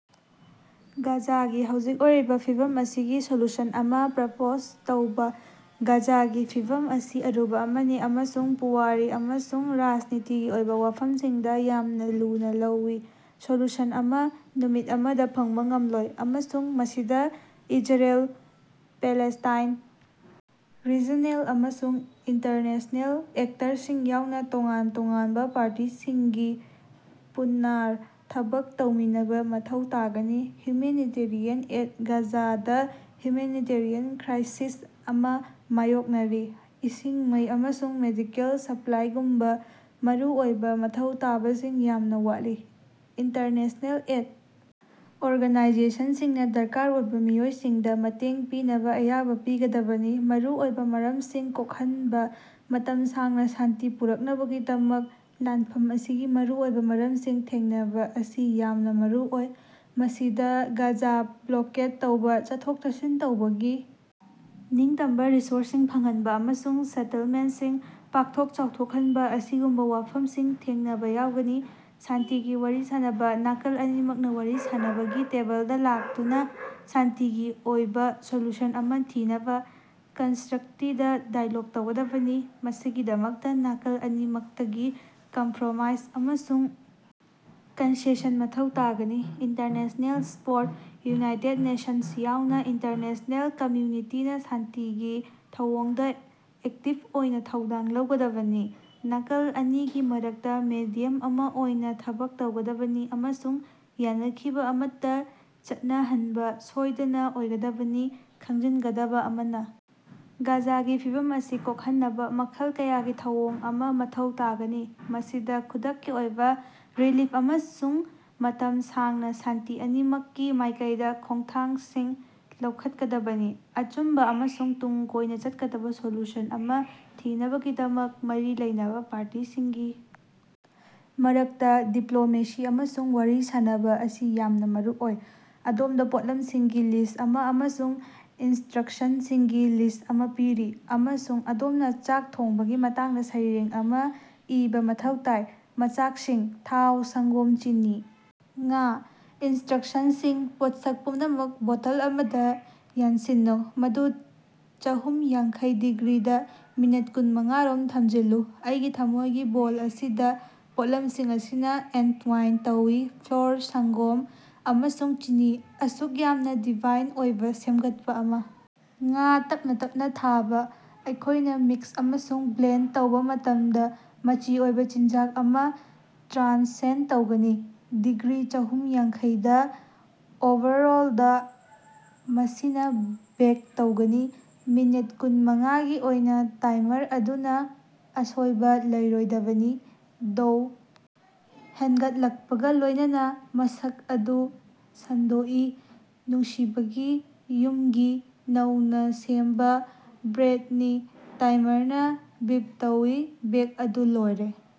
ꯒꯥꯖꯥꯒꯤ ꯍꯧꯖꯤꯛ ꯑꯣꯏꯔꯤꯕ ꯐꯤꯚꯝ ꯑꯁꯤꯒꯤ ꯁꯣꯂꯨꯁꯟ ꯑꯃ ꯄ꯭ꯔꯄꯣꯖ ꯇꯧꯕ꯫ ꯒꯥꯖꯥꯒꯤ ꯐꯤꯚꯝ ꯑꯁꯤ ꯑꯔꯨꯕ ꯑꯃꯅꯤ ꯑꯃꯁꯨꯡ ꯄꯨꯋꯥꯔꯤ ꯑꯃꯁꯨꯡ ꯔꯥꯖꯅꯤꯇꯤꯒꯤ ꯑꯣꯏꯕ ꯋꯥꯐꯝꯁꯤꯡꯗ ꯌꯥꯝꯅ ꯂꯨꯅꯥ ꯂꯧꯏ꯫ ꯁꯣꯂꯨꯁꯟ ꯑꯃ ꯅꯨꯃꯤꯠ ꯑꯃꯗ ꯐꯪꯕ ꯉꯝꯂꯣꯏ, ꯑꯃꯁꯨꯡ ꯃꯁꯤꯗ ꯏꯖꯔꯦꯜ, ꯄꯦꯂꯦꯁ꯭ꯇꯥꯏꯟ, ꯔꯤꯖꯅꯦꯜ ꯑꯃꯁꯨꯡ ꯏꯟꯇꯔꯅꯦꯁ꯭ꯅꯦꯜ ꯑꯦꯛꯇꯔꯁꯤꯡ ꯌꯥꯎꯅ ꯇꯣꯉꯥꯟ ꯇꯣꯉꯥꯟꯕ ꯄꯥꯔꯇꯤꯁꯤꯡꯒꯤ ꯄꯨꯟꯅꯥꫪ ꯊꯕꯛ ꯇꯧꯃꯤꯟꯅꯕꯥ ꯃꯊꯧ ꯇꯥꯒꯅꯤ꯫ ꯍ꯭ꯌꯨꯃꯦꯅꯤꯇꯔꯤꯌꯥꯟ ꯑꯦꯗ - ꯒꯥꯖꯥꯗ ꯍ꯭ꯌꯨꯃꯦꯅꯤꯇꯔꯤꯌꯥꯟ ꯀ꯭ꯔꯥꯏꯁꯤꯁ ꯑꯃ ꯃꯥꯌꯣꯛꯅꯔꯤ, ꯏꯁꯤꯡ, ꯃꯩ, ꯑꯃꯁꯨꯡ ꯃꯦꯗꯤꯀꯦꯜ ꯁꯄ꯭ꯂꯥꯏꯒꯨꯝꯕ ꯃꯔꯨꯑꯣꯏꯕ ꯃꯊꯧ ꯇꯥꯕꯁꯤꯡ ꯌꯥꯝꯅ ꯋꯥꯠꯂꯤ꯫ ꯏꯟꯇꯔꯅꯦꯁ꯭ꯅꯦꯜ ꯑꯦꯗ ꯑꯣꯔꯒꯅꯥꯏꯖꯦꯁꯟꯁꯤꯡꯅ ꯗꯔꯀꯥꯔ ꯑꯣꯏꯕ ꯃꯤꯑꯣꯏꯁꯤꯡꯗ ꯃꯇꯦꯡ ꯄꯤꯅꯕꯥ ꯑꯌꯥꯕ ꯄꯤꯒꯗꯕꯅꯤ꯫ ꯃꯔꯨ ꯑꯣꯏꯕ ꯃꯔꯝꯁꯤꯡ ꯀꯣꯛꯍꯟꯕ - ꯃꯇꯝ ꯁꯥꯡꯅ ꯁꯥꯟꯇꯤ ꯄꯨꯔꯛꯅꯕꯒꯤꯗꯃꯛ ꯂꯥꯟꯐꯝ ꯑꯁꯤꯒꯤ ꯃꯔꯨ ꯑꯣꯏꯕ ꯃꯔꯝꯁꯤꯡ ꯊꯦꯡꯅꯕꯥ ꯑꯁꯤ ꯌꯥꯝꯅ ꯃꯔꯨ ꯑꯣꯏ꯫ ꯃꯁꯤꯗ ꯒꯥꯖꯥ ꯕ꯭ꯂꯣꯀꯦꯗ ꯇꯧꯕ, ꯆꯠꯊꯣꯛ-ꯆꯠꯁꯤꯟ ꯇꯧꯕꯒꯤ ꯅꯤꯡꯇꯝꯕ, ꯔꯤꯁꯣꯔꯁꯁꯤꯡ ꯐꯪꯍꯟꯕ, ꯑꯃꯁꯨꯡ ꯁꯦꯇꯜꯃꯦꯟꯇꯁꯤꯡ ꯄꯥꯛꯊꯣꯛ ꯆꯥꯎꯊꯣꯛꯍꯟꯕ ꯑꯁꯤꯒꯨꯝꯕ ꯋꯥꯐꯝꯁꯤꯡ ꯊꯦꯡꯅꯕ ꯌꯥꯎꯒꯅꯤ꯫ ꯁꯥꯟꯇꯤꯒꯤ ꯋꯥꯔꯤ ꯁꯥꯅꯕꯥ -ꯅꯥꯀꯜ ꯑꯅꯤꯃꯛꯅ ꯋꯥꯔꯤ ꯁꯥꯅꯕꯒꯤ ꯇꯦꯕꯜꯗꯥ ꯂꯥꯛꯇꯨꯅ ꯁꯥꯟꯇꯤꯒꯤ ꯑꯣꯏꯕ ꯁꯣꯂꯨꯁꯟ ꯑꯃ ꯊꯤꯅꯕꯥ ꯀꯟꯁꯇ꯭ꯔꯛꯇꯤꯕ ꯗꯥꯏꯂꯣꯒ ꯇꯧꯒꯗꯕꯅꯤ꯫ ꯃꯁꯤꯒꯤꯗꯃꯛꯇ ꯅꯥꯀꯜ ꯑꯅꯤꯃꯛꯇꯒꯤ ꯀꯝꯐ꯭ꯔꯣꯃꯥꯏꯖ ꯑꯃꯁꯨꯡ ꯀꯟꯁꯦꯁꯟ ꯃꯊꯧ ꯇꯥꯒꯅꯤ꯫ ꯏꯟꯇꯔꯅꯦꯁ꯭ꯅꯦꯜ ꯁꯄꯣꯔꯠ - ꯌꯨꯅꯥꯏꯇꯦꯗ ꯅꯦꯁꯟꯁ ꯌꯥꯎꯅ ꯏꯟꯇꯔꯅꯦꯁ꯭ꯅꯦꯜ ꯀꯝꯃ꯭ꯌꯨꯅꯤꯇꯤꯅ ꯁꯥꯟꯇꯤꯒꯤ ꯊꯧꯑꯣꯡꯗ ꯑꯦꯛꯇꯤꯕ ꯑꯣꯏꯅ ꯊꯧꯗꯥꯡ ꯂꯧꯒꯗꯕꯅꯤ, ꯅꯥꯀꯜ ꯑꯅꯤꯒꯤ ꯃꯔꯛꯇ ꯃꯦꯗꯤꯌꯝ ꯑꯃ ꯑꯣꯏꯅ ꯊꯕꯛ ꯇꯧꯒꯗꯕꯅꯤ ꯑꯃꯁꯨꯡ ꯌꯥꯅꯈꯤꯕ ꯑꯃꯠꯇ ꯆꯠꯅꯍꯟꯕ ꯁꯣꯏꯗꯅ ꯑꯣꯏꯒꯗꯕꯅꯤ꯫ ꯈꯪꯖꯤꯟꯒꯗꯕꯥ ꯑꯃꯅ, ꯒꯥꯖꯥꯒꯤ ꯐꯤꯚꯝ ꯑꯁꯤ ꯀꯣꯛꯍꯟꯅꯕ ꯃꯈꯜ ꯀꯌꯥꯒꯤ ꯊꯧꯑꯣꯡ ꯑꯃ ꯃꯊꯧ ꯇꯥꯒꯅꯤ, ꯃꯁꯤꯗ ꯈꯨꯗꯛꯀꯤ ꯑꯣꯏꯕ ꯔꯤꯂꯤꯐ ꯑꯃꯁꯨꯡ ꯃꯇꯝ ꯁꯥꯡꯅ ꯁꯥꯟꯇꯤ ꯑꯅꯤꯃꯛꯀꯤ ꯃꯥꯏꯀꯩꯗ ꯈꯣꯡꯊꯥꯡꯁꯤꯡ ꯂꯧꯈꯠꯀꯗꯕꯅꯤ꯫ ꯑꯆꯨꯝꯕ ꯑꯃꯁꯨꯡ ꯇꯨꯡ ꯀꯣꯏꯅ ꯆꯠꯀꯗꯕ ꯁꯣꯂꯨꯁꯟ ꯑꯃ‌ ꯊꯤꯅꯕꯒꯤꯗꯃꯛ ꯃꯔꯤ ꯂꯩꯅꯕ ꯄꯥꯔꯇꯤꯁꯤꯡꯒꯤ ꯃꯔꯛꯇ ꯗꯤꯄ꯭ꯂꯣꯃꯦꯁꯤ ꯑꯃꯁꯨꯡ ꯋꯥꯔꯤ ꯁꯥꯅꯕꯥ ꯑꯁꯤ ꯌꯥꯝꯅ ꯃꯔꯨ ꯑꯣꯏ꯫ ꯑꯗꯣꯝꯗ ꯄꯣꯠꯂꯝꯁꯤꯡꯒꯤ ꯂꯤꯁ꯭ꯠ ꯑꯃ ꯑꯃꯁꯨꯡ ꯏꯟꯁꯇ꯭ꯔꯛꯁꯟꯁꯤꯡꯒꯤ ꯂꯤꯁ꯭ꯠ ꯑꯃ ꯄꯤꯔꯤ, ꯑꯃꯁꯨꯡ ꯑꯗꯣꯝꯅ ꯆꯥꯛ ꯊꯣꯡꯕꯒꯤ ꯃꯇꯥꯡꯗ ꯁꯩꯔꯦꯡ ꯑꯃ ꯏꯕꯥ ꯃꯊꯧ ꯇꯥꯏ꯫ ꯃꯆꯥꯛꯁꯤꯡ - ꯊꯥꯎ, ꯁꯪꯒꯣꯝ, ꯆꯤꯅꯤ, ꯉꯥ꯫ ꯏꯟꯁꯇ꯭ꯔꯛꯁꯟꯁꯤꯡ -ꯄꯣꯠꯁꯛ ꯄꯨꯝꯅꯃꯛ ꯕꯣꯇꯜ ꯑꯃꯗ ꯌꯥꯟꯁꯤꯟꯅꯧ, ꯃꯗꯨ ꯆꯥꯍꯨꯝ ꯌꯥꯡꯈꯩ ꯗꯤꯒ꯭ꯔꯤꯗꯥ ꯃꯤꯅꯠ ꯀꯨꯟ ꯃꯉꯥꯔꯣꯝ ꯊꯝꯖꯤꯜꯂꯨ꯫ ꯑꯩꯒꯤ ꯊꯝꯃꯣꯏꯒꯤ ꯕꯣꯜ ꯑꯁꯤꯗ, ꯄꯣꯠꯂꯝꯁꯤꯡ ꯑꯁꯤꯅ ꯑꯦꯟꯇꯋꯥꯏꯟ ꯇꯧꯏ ꯐ꯭ꯂꯣꯔ, ꯁꯪꯒꯣꯝ, ꯑꯃꯁꯨꯡ ꯆꯤꯅꯤ, ꯑꯁꯨꯛ ꯌꯥꯝꯅ ꯗꯤꯚꯥꯏꯟ ꯑꯣꯏꯕ ꯁꯦꯝꯒꯠꯄ ꯑꯃ, ꯉꯥ ꯇꯞꯅꯥ ꯇꯞꯅꯥ ꯊꯥꯕ, ꯑꯩꯈꯣꯏꯅ ꯃꯤꯛꯁ ꯑꯃꯁꯨꯡ ꯕ꯭ꯂꯦꯟꯗ ꯇꯧꯕ ꯃꯇꯝꯗ, ꯃꯆꯤ ꯑꯣꯏꯕ ꯆꯤꯟꯖꯥꯛ ꯑꯃ ꯇ꯭ꯔꯥꯟꯁꯦꯟꯗ ꯇꯧꯒꯅꯤ꯫ ꯗꯤꯒ꯭ꯔꯤ ꯆꯥꯍꯨꯝ ꯌꯥꯡꯈꯩ ꯗꯥ ꯑꯣꯚꯔꯑꯣꯜꯗ, ꯃꯁꯤꯅ ꯕꯦꯛ ꯇꯧꯒꯅꯤ, ꯃꯤꯅꯠ ꯀꯨꯟ ꯃꯉꯥꯒꯤ ꯑꯣꯏꯅ ꯇꯥꯏꯃꯔ ꯑꯗꯨꯅ ꯑꯁꯣꯏꯕ ꯂꯩꯔꯣꯏꯗꯕꯅꯤ꯫ ꯗꯣꯎ ꯍꯦꯟꯒꯠꯂꯛꯄꯒ ꯂꯣꯏꯅꯅꯥ ꯃꯁꯛ ꯑꯗꯨ ꯁꯟꯗꯣꯛꯏ, ꯅꯨꯡꯁꯤꯕꯒꯤ, ꯌꯨꯝꯒꯤ, ꯅꯧꯅ ꯁꯦꯝꯕ ꯕ꯭ꯔꯦꯗꯅꯤ, ꯇꯥꯏꯃꯔꯅ ꯕꯤꯞ ꯇꯧꯏ, ꯕꯦꯛ ꯑꯗꯨ ꯂꯣꯏꯔꯦ꯫